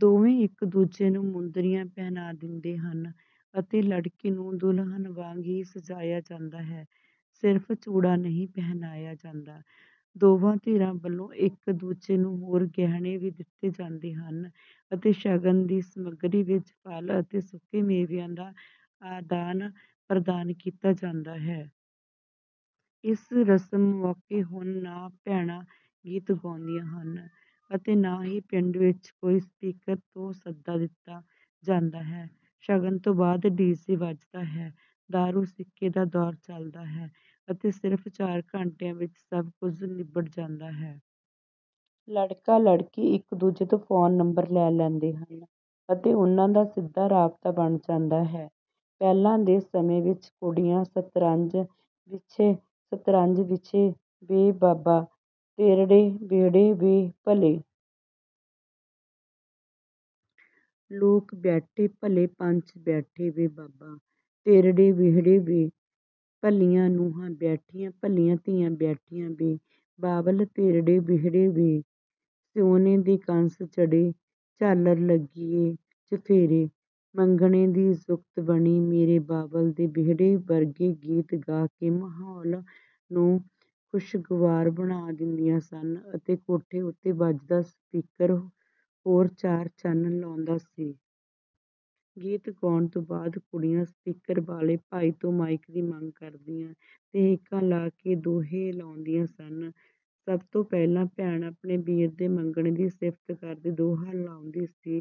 ਦੋਵੇਂ ਇੱਕ ਦੂਜੇ ਨੂੰ ਮੁੰਦਰੀਆਂ ਪਹਿਨਾ ਦਿੰਦੇ ਹਨ ਅਤੇ ਲੜਕੀ ਨੂੰ ਦੁਲਹਨ ਵਾਂਗ ਹੀ ਸਜਾਇਆ ਜਾਂਦਾ ਹੈ ਸਿਰਫ ਚੂੜਾ ਨਹੀਂ ਪਹਿਨਾਇਆ ਜਾਂਦਾ। ਦੋਵਾਂ ਧਿਰਾਂ ਵੱਲੋਂ ਇੱਕ ਦੂਜੇ ਨੂੰ ਹੋਰ ਗਹਿਣੇ ਵੀ ਦਿੱਤੇ ਜਾਂਦੇ ਹਨ ਅਤੇ ਸ਼ਗਨ ਦੀ ਸਮੱਗਰੀ ਵਿੱਚ ਫਲ ਅਤੇ ਸੁੱਕੇ ਮੇਵਿਆਂ ਦਾ ਆਦਾਨ ਪ੍ਰਦਾਨ ਕੀਤਾ ਜਾਂਦਾ ਹੈ। ਇਸ ਰਸਮ ਮੌਕੇ ਹੁਣ ਨਾ ਭੈਣਾਂ ਗੀਤ ਗਾਉਂਦੀਆਂ ਹਨ ਅਤੇ ਨਾ ਹੀ ਪਿੰਡ ਵਿੱਚ ਕੋਈ ਸਪੀਕਰ ਤੋਂ ਸੱਦਾ ਦਿੱਤਾ ਜਾਂਦਾ ਹੈ। ਸ਼ਗਨ ਤੋਂ ਬਾਅਦ ਡੀ ਜੇ ਵੱਜਦਾ ਹੈ, ਦਾਰੂ ਸਿੱਕੇ ਦਾ ਦੌਰ ਚੱਲਦਾ ਹੈ ਅਤੇ ਸਿਰਫ ਚਾਰ ਘੰਟਿਆਂ ਵਿੱਚ ਸਭ ਕੁਝ ਨਿਬੜ ਜਾਂਦਾ ਹੈ। ਲੜਕਾ ਲੜਕੀ ਇੱਕ ਦੂਜੇ ਤੋਂ ਫੋਨ ਨੰਬਰ ਲੈ ਲੈਂਦੇ ਹਨ ਅਤੇ ਉਨ੍ਹਾਂ ਦਾ ਸਿੱਧਾ ਰਾਬਤਾ ਬਣ ਜਾਂਦਾ ਹੈ। ਪਹਿਲਾਂ ਦੇ ਸਮੇਂ ਵਿੱਚ ਕੁੜੀਆਂ ਸ਼ਤਰੰਜ ਵਿਛੇ ਸ਼ਤਰੰਜ ਵਿਛੇ ਵੇ ਬਾਬਾ ਤੇਰੜੇ ਵਿਹੜੇ ਵੇ, ਭਲੇ ਲੋਕ ਬੈਠੇ ਭਲੇ ਪੰਚ ਬੈਠੇ ਵੇ ਬਾਬਾ ਤੇਰੜੇ ਵਿਹੜੇ ਵੇ, ਭਲੀਆਂ ਨੂੰਹਾਂ ਬੈਠੀਆਂ ਭਲੀਆਂ ਧੀਆਂ ਬੈਠੀਆਂ ਵੇ ਬਾਬਲ ਤੇਰੜੇ ਵਿਹੜੇ ਵੇ, ਸਿਉਨੇ ਦੇ ਕੰਸ ਜੜੇ ਝਾਲਰ ਲੱਗੀ ਐ ਚੁਫੇਰੇ, ਮੰਗਣੇ ਦੀ ਜੁਗਤ ਬਣੀ ਮੇਰੇ ਬਾਬਲ ਦੇ ਵਿਹੜੇ ਵਰਗੇ ਗੀਤ ਗਾ ਕੇ ਮਾਹੌਲ ਨੂੰ ਖੁਸ਼ਗਵਾਰ ਬਣਾ ਦਿੰਦੀਆਂ ਸਨ ਅਤੇ ਕੋਠੇ ਉੱਤੇ ਵੱਜਦਾ ਸਪੀਕਰ ਹੋਰ ਚਾਰ ਚੰਨ ਲਾਉਂਦਾ ਸੀ। ਗੀਤ ਗਾਉਣ ਤੋਂ ਬਾਅਦ ਕੁੜੀਆਂ ਸਪੀਕਰ ਵਾਲੇ ਭਾਈ ਤੋਂ ਮਾਈਕ ਦੀ ਮੰਗ ਕਰਦੀਆਂ ਤੇ ਹੇਕਾਂ ਲਾ ਕੇ ਦੋਹੇ ਲਾਉਂਦੀਆਂ ਸਨ। ਸਭ ਤੋਂ ਪਹਿਲਾਂ ਭੈਣ ਆਪਣੇ ਵੀਰ ਦੇ ਮੰਗਣੇ ਦੀ ਸਿਫਤ ਕਰਦੇ ਦੋਹਾ ਲਾਉਂਦੀ ਸੀ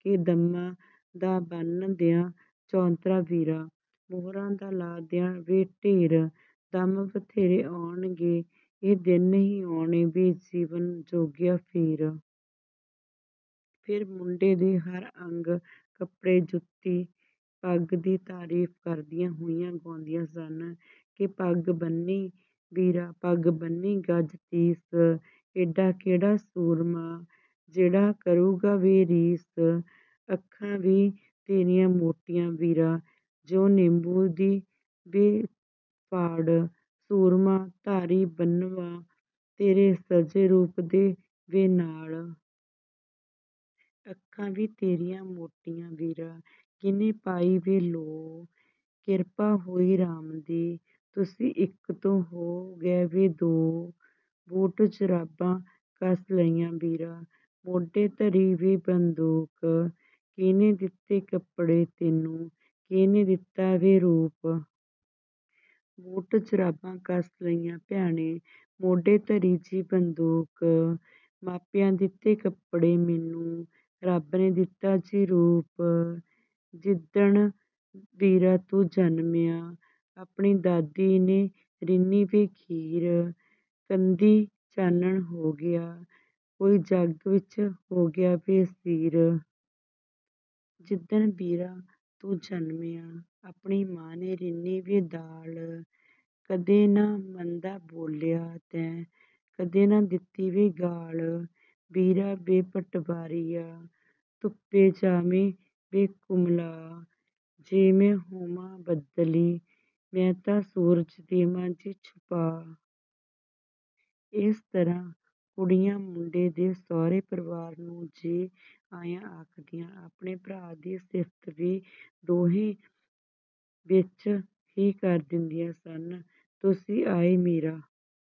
ਕਿ ਦੰਮਾਂ ਦਾ ਬੰਨ੍ਹ ਦਿਆਂ ਚੌਤਰਾ ਵੀਰਾ, ਮੋਹਰਾਂ ਦਾ ਲਾ ਦਿਆਂ ਵੇ ਢੇਰ, ਦੰਮ ਬਥੇਰੇ ਆਉਣਗੇ ਇਹ ਦਿਨ ਨਹੀਂ ਆਉਣੇ ਵੇ ਜੀਵਨ ਜੋਗਿਆ ਫੇਰ। ਫਿਰ ਮੁੰਡੇ ਦੇ ਹਰ ਅੰਗ ਕੱਪੜੇ, ਜੁੱਤੀ, ਪੱਗ ਦੀ ਤਾਰੀਫ ਕਰਦੀਆਂ ਹੋਈਆਂ ਗਾਉਂਦੀਆਂ ਸਨ ਕਿ ਪੱਗ ਬੰਨ੍ਹੀ ਵੀਰਾ ਪੱਗ ਬੰਨ੍ਹੀ ਗਜ਼ ਤੀਸ, ਐਡਾ ਕਿਹੜਾ ਸੂਰਮਾ ਜਿਹੜਾ ਕਰੂਗਾ ਵੇ ਰੀਸ। ਅੱਖਾਂ ਵੀ ਤੇਰੀਆਂ ਮੋਟੀਆਂ ਵੀਰਾ ਜਿਉਂ ਨਿੰਬੂ ਦੀ ਵੇ ਫਾੜ, ਸੂਰਮਾ ਧਾਰੀ ਬੰਨ੍ਹਵਾਂ ਤੇਰੇ ਸਜੇ ਰੂਪ ਦੇ ਵੇ ਨਾਲ। ਅੱਖਾਂ ਵੀ ਤੇਰੀਆਂ ਮੋਟੀਆਂ ਵੀਰਾ ਕੀਹਨੇ ਪਾਈ ਵੇ ਲੋਅ, ਕਿਰਪਾ ਹੋਈ ਰਾਮ ਦੀ ਤੁਸੀਂ ਇੱਕ ਤੋਂ ਹੋ ਗਏ ਵੇ ਦੋ। ਬੂਟ ਜੁਰਾਬਾਂ ਕਸ ਲਈਆਂ ਵੀਰਾ ਮੋਢੇ ਧਰੀ ਵੇ ਬੰਦੂਕ, ਕੀਹਨੇ ਦਿੱਤੇ ਕੱਪੜੇ ਤੈਨੂੰ ਕੀਹਨੇ ਦਿੱਤਾ ਵੇ ਰੂਪ। ਬੂਟ ਜੁਰਾਬਾਂ ਕਸ ਲਈਆਂ ਭੈਣੇ ਮੋਢੇ ਧਰੀ ਜੀ ਬੰਦੂਕ, ਮਾਪਿਆਂ ਦਿੱਤੇ ਕੱਪੜੇ ਮੈਨੂੰ ਰੱਬ ਨੇ ਦਿੱਤਾ ਜੀ ਰੂਪ। ਜਿਦਣ ਵੀਰਾ ਤੂੰ ਜਨਮਿਆ ਆਪਣੀ ਦਾਦੀ ਨੇ ਰਿੰਨ੍ਹੀ ਵੇ ਖੀਰ, ਕੰਧੀਂ ਚਾਨਣ ਹੋ ਗਿਆ ਕੋਈ ਜੱਗ ਵਿੱਚ ਹੋ ਗਿਆ ਵੇ ਸੀਰ। ਜਿੱਦਣ ਵੀਰਾ ਤੂੰ ਜਨਮਿਆ ਆਪਣੀ ਮਾਂ ਨੇ ਰਿੰਨੀ ਵੇ ਦਾਲ, ਕਦੇ ਨਾ ਮੰਦਾ ਬੋਲਿਆ ਤੈਂ ਕਦੇ ਨਾ ਦਿੱਤੀ ਵੇ ਗਾਲ੍ਹ। ਵੀਰਾ ਵੇ ਪਟਵਾਰੀਆ ਧੁੱਪੇ ਜਾਵੇਂ ਵੇ ਕੁਮਲਾ, ਜੇ ਮੈਂ ਹੋਵਾਂ ਬੱਦਲੀ ਮੈਂ ਤਾਂ ਸੂਰਜ ਦੇਵਾਂ ਜੀ ਛੁਪਾ। ਇਸ ਤਰ੍ਹਾਂ ਕੁੜੀਆਂ ਮੁੰਡੇ ਦੇ ਸਹੁਰੇ ਪਰਿਵਾਰ ਨੂੰ ਜੀ ਆਇਆਂ ਆਖਦੀਆਂ ਆਪਣੇ ਭਰਾ ਦੀ ਸਿਫਤ ਵੀ ਦੋਹੇ ਵਿੱਚ ਹੀ ਕਰ ਦਿੰਦੀਆਂ ਸਨ। ਤੁਸੀਂ ਆਏ ਮੇਰਾ